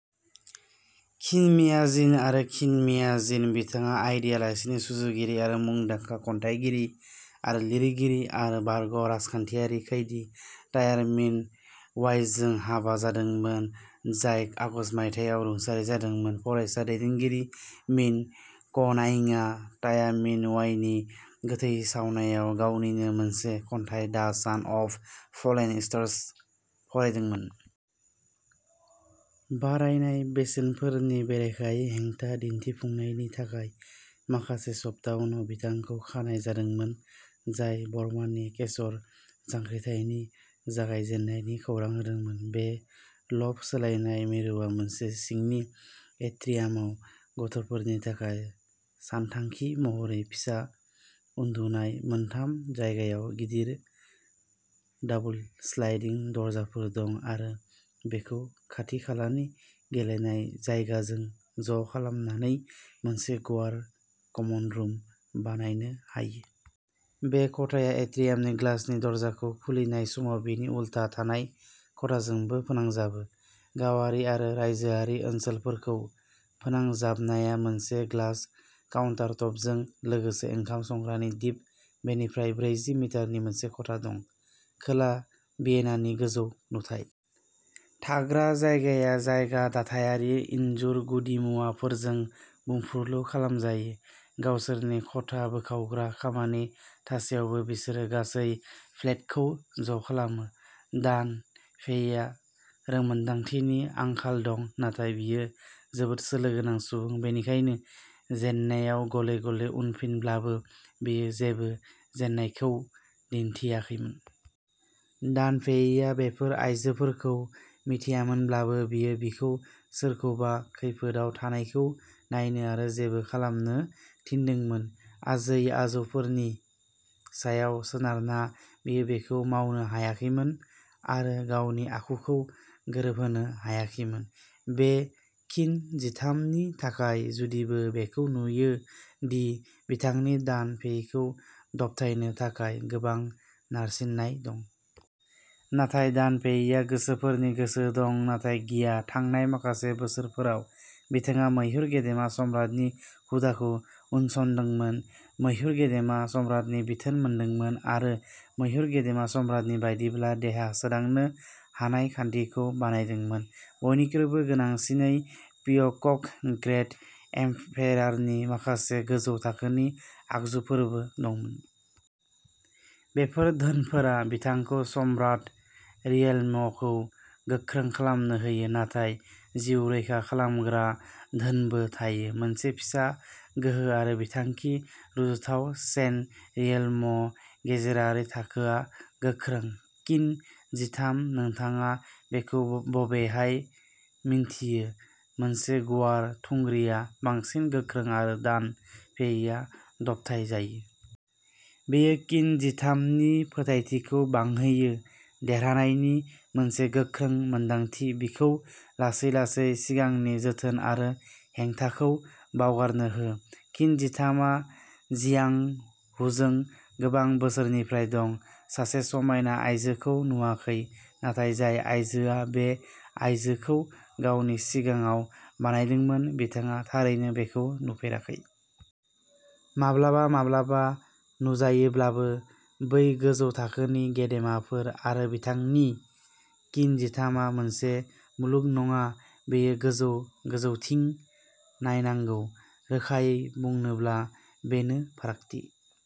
खिन मिया जिन आरो खिन मिया जिन। बिथाङा आइडिया लाइसिनि सुजुगिरि आरो मुंदांखा खन्थाइगिरि आरो लिरगिरि आरो बारग' राजखान्थियारि खैदी तायर मिन अवाइजों हाबा जादोंमोन, जाय आगस्त मायथाइयाव रुंसारि जादोंमोन। फरायसा दैदेनगिरि मिन क'नाइंआ ताया मिन वाइनि गोथै सावनायाव गावनिनो मोनसे खन्थाइ दा सान अफ फलेन स्टार्स फरायदोंमोन। बारायनाय बेसेनफोरनि बेरेखायै हेंथा दिन्थिफुंनायनि थाखाय माखासे सप्ता उनाव बिथांखौ खानाय जादोंमोन, जाय बार्मानि केसर जांख्रिथायनि जागायजेन्नायनि खौरां होदोंमोन। बे लफ्ट सोलायनाय मिरुआ मोनसे सिंनि एट्रियामाव। गथ'फोरनि थाखाय सानथांखि महरै फिसा उन्दुनाय मोनथाम जायगायाव गिदिर दाबल स्लाइडिं दरजाफोर दं आरो बेखौ खाथि-खालानि गेलेनाय जायगाजों ज'खालामनानै मोनसे गुवार कमन रुम बानायनो हायो। बे खथाया एट्रियामनि ग्लासनि दरजाखौ खुलिनाय समाव बिनि उल्था थानाय खथाजोंबो फोनांजाबो। गावारि आरो रायजोआरि ओनसोलफोरखौ फोनांजाबनाया मोनसे ग्लेज्ड काउन्टारटपजों लोगोसे ओंखाम संग्रानि दिप बेनिफ्राय ब्रैजि मिटारनि मोनसे खथा दं। खोला भियेनानि गोजौ नुथाय। थाग्रा जायगाया जायगा दाथायारि इनजुर गुदिमुवाफोरजों बुंफुरलु खालामजायो। गावसोरनि खथा बोखावग्रा खामानि थासेयावबो बिसोरो गासै फ्लेटखौ ज'खालामो। दान फेइहा रोंमोन्दांथिनि आंखाल दं, नाथाय बियो जोबोद सोलो गोनां सुबुं। बेनिखायनो, जेननायाव गले-गले उनफिनब्लाबो, बेयो जेबो जेननायखौ दिन्थियाखैमोन। दान फेइआ बेफोर आइजोफोरखौ मिथियामोनब्लाबो, बियो बिखौ सोरखौबा खैफोदआव थानायखौ नायनो आरो जेबो खालामनो थिनदोंमोन, आजै-आजौफोरनि सायाव सोनारना, बियो बेखौ मावनो हायाखैमोन आरो गावनि आखुखौ गोरोबहोनो हायाखैमोन। बे किन जिथाम नि थाखाय, जुदिबो बेखौ नुयो दि बिथांनि दान फेइखौ दबथायनो थाखाय गोबां नारसिननाय दं। नाथाय दान फेइहा गोसोफोरनि गोसो दं, नाथाय गिया। थांनाय माखासे बोसोरफोराव, बिथाङा मयुर गेदेमा सम्राटनि हुदाखौ उनसंदोंमोन, मयुर गेदेमा सम्राटनि बिथोन मोनदोंमोन, आरो मयुर गेदेमा सम्राटनि बायदिब्ला देहा सोदांनो हानाय खान्थिखौ बानायदोंमोन। बयनिख्रुइबो गोनांसिनै, पिअक'क ग्रेट एम्पेरारनि माखासे गोजौ थाखोनि आगजुफोरबो दंमोन। बेफोर धोनफोरा, बिथांखौ सम्राट रियेल्मखौ गोख्रों खालामनो होयो, नाथाय जिउ रैखा खालामग्रा धोनबो थायो, मोनसे फिसा गोहो आरो बिथांनि रुजुथाव सेन्ट रियेल्म गेजेरारि थाखोआ गोख्रों। किन जिथाम, नोंथाङा बेखौ बबेहाय मिन्थियो? मोनसे गुवार थुंग्रिआ बांसिन गोख्रों आरो दान फेइआ दबथायजायो। बेयो किन जिथाम नि फोथायथिखौ बांहोयो, देरहानायनि मोनसे गोख्रों मोनदांथि, बिखौ लासै-लासै सिगांनि जोथोन आरो हेंथाखौ बावगारनो हो। किन जिथाम आ जियांग हुजों गोबां बोसोरनिफ्राय दं, सासे समायना आयजोखौ नुवाखै। नाथाय जाय आइजोआ बे आयजोखौ गावनि सिगाङाव बानायदोंमोन, बिथाङा थारैनो बेखौ नुफेराखै। माब्लाबा-माब्लाबा नुजायोब्लाबो, बै गोजौ थाखोनि गेदेमाफोर आरो बिथांनि किन जिथाम आ मोनसे मुलुग नङा बेयो गोजौ, गोजौथिं नायनांगौ। रोखायै बुंनोब्ला, बेनो फारागथि।